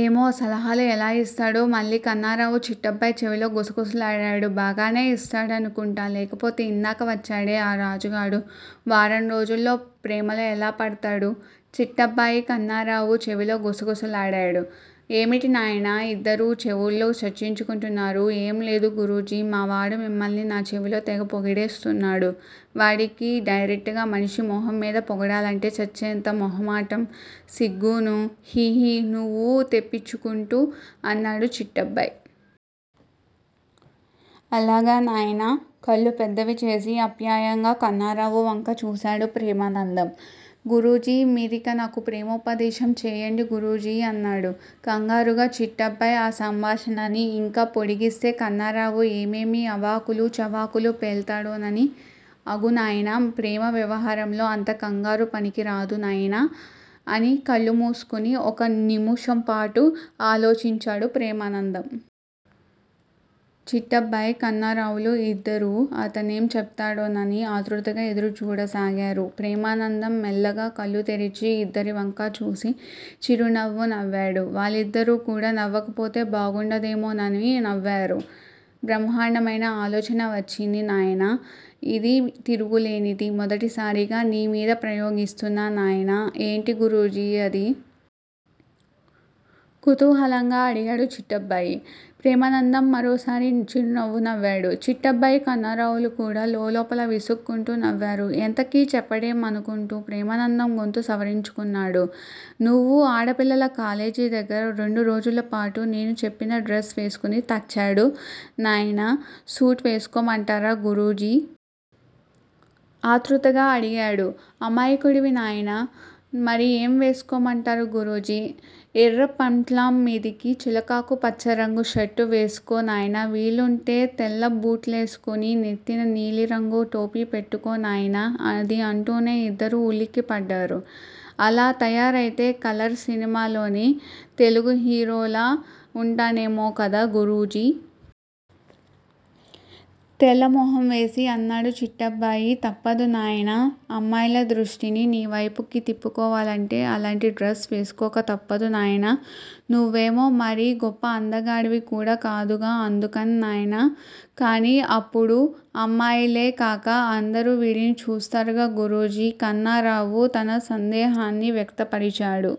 ఏమో! సలహాలు ఎలా ఇస్తాడో?? మళ్ళీ కన్నారావు చిట్టబ్బాయి చెవిలో గుసగుసలాడాడు. బాగానే ఇస్తాడనుకుంటా లేకపోతే ఇందాక వచ్చాడే ఆ రాజుగాడు వారం రోజుల్లో ప్రేమలో ఎలా పడ్తాడు? చిట్టబ్బాయి కన్నారావు చెవిలో గుసగుసలాడాడు. ఏమిటి నాయనా ఇద్దరూ చెవుల్లో చర్చించుకుంటున్నారు? ఏంలేదు గురూజీ మావాడు మిమ్మల్ని నా చెవిలో తెగ పొగిడేస్తున్నాడు వాడికి డైరెక్టుగా మనిషి మొహం మీద పొగడాలంటే చచ్చేంత మొగమాటం సిగ్గూనూ హిహి నువ్వు తెప్పించుకుంటూ అన్నాడు చిట్టబ్బాయ్. అలాగా నాయనా? కళ్ళు పెద్దవిచేసి అప్యాయంగా కన్నారావు వంక చూశాడు ప్రేమానందం. గురూజీ మీరిక నాకు ప్రేమోపదేశం చెయ్యండి గురూజీ అన్నాడు కంగారుగా చిట్టబ్బాయ్ ఆ సంభాషణని ఇంకా పొడిగిస్తే కన్నారావు ఏమేమి అవాకులూ చవాకులూ పేల్తాడోనని. అగు నాయనా ప్రేమ వ్యవహారంలో అంత కంగారు పనికిరాదు నాయనా అని కళ్ళు మూస్కుని ఒక నిముషంపాటు ఆలోచించాడు ప్రేమానందం. చిట్టబ్బాయ్ కన్నారావులు ఇద్దరూ అతనేం చెప్తాడోనని ఆతృతగా ఎదురు చూడసాగారు. ప్రేమానందం మెల్లగా కళ్ళు తెరిచి ఇద్దరి వంకా చూసి చిరునవ్వు నవ్వాడు. వాళ్ళిద్దరూ కూడా నవ్వకపోతే బాగుండదేమోనని నవ్వారు. బ్రహ్మండమైన ఆలోచన వచ్చింది నాయనా ఇది తిరుగులేనిది మొదటిసారిగా నీ మీద ప్రయోగిస్తున్నా నాయనా ఏంటి గురూజీ అది? కుతూహలంగా అడిగాడు చిట్టబ్బాయి. ప్రేమానందం మరోసారి చిరునవ్వు నవ్వాడు. చిట్టబ్బాయి, కన్నారావులు కూడా లోలోపల విసుక్కుంటూ నవ్వారు. ఎంతకీ చెప్పడేం అనుకుంటూ. ప్రేమానందం గొంతు సవరించుకున్నాడు. నువ్వు ఆడపిల్లల కాలేజీ దగ్గర రెండు రోజులపాటు నేను చెప్పిన డ్రెస్ వేస్కుని తచ్చాడు నాయన సూట్ వేస్కోమంటారా గురూజీ? ఆతృతంగా అడిగాడు. అమాయకుడివి నాయనా మరి ఏం వేస్కోమంటారు గురూజీ? ఎర్రపంట్లాం మీదికి చిలకాకు పచ్చరంగు షర్టు వేస్కో నాయనా వీలుంటే తెల్లబూట్లేస్కునినెత్తిన నీలిరంగు టోపీ పెట్టుకో నాయన అది వింటూనే ఇద్దరూ ఉలిక్కిపడ్డారు. అలా తయారైతే కలర్ సినిమాలోని తెలుగు హీరోలా ఉంటానేమో కద గురూజీ? తెల్లమొహం వేసి అన్నాడు చిట్టబ్బాయి. తప్పదు నాయనా అమ్మాయిల దృష్టిని నీవైపుకి తిప్పుకోవాలంటే అలాంటి డ్రెస్ వేస్కోక తప్పదు నాయనా నువ్వేమో మరీ గొప్ప అందగాడివి కూడా కాదుగా అందుకని నాయనా కానీ అప్పుడు అమ్మాయిలే కాక అందరూ వీడిని చూస్తారుగా గురూజీ? కన్నారావు తన సందేహాన్ని వ్యక్తపరిచాడు.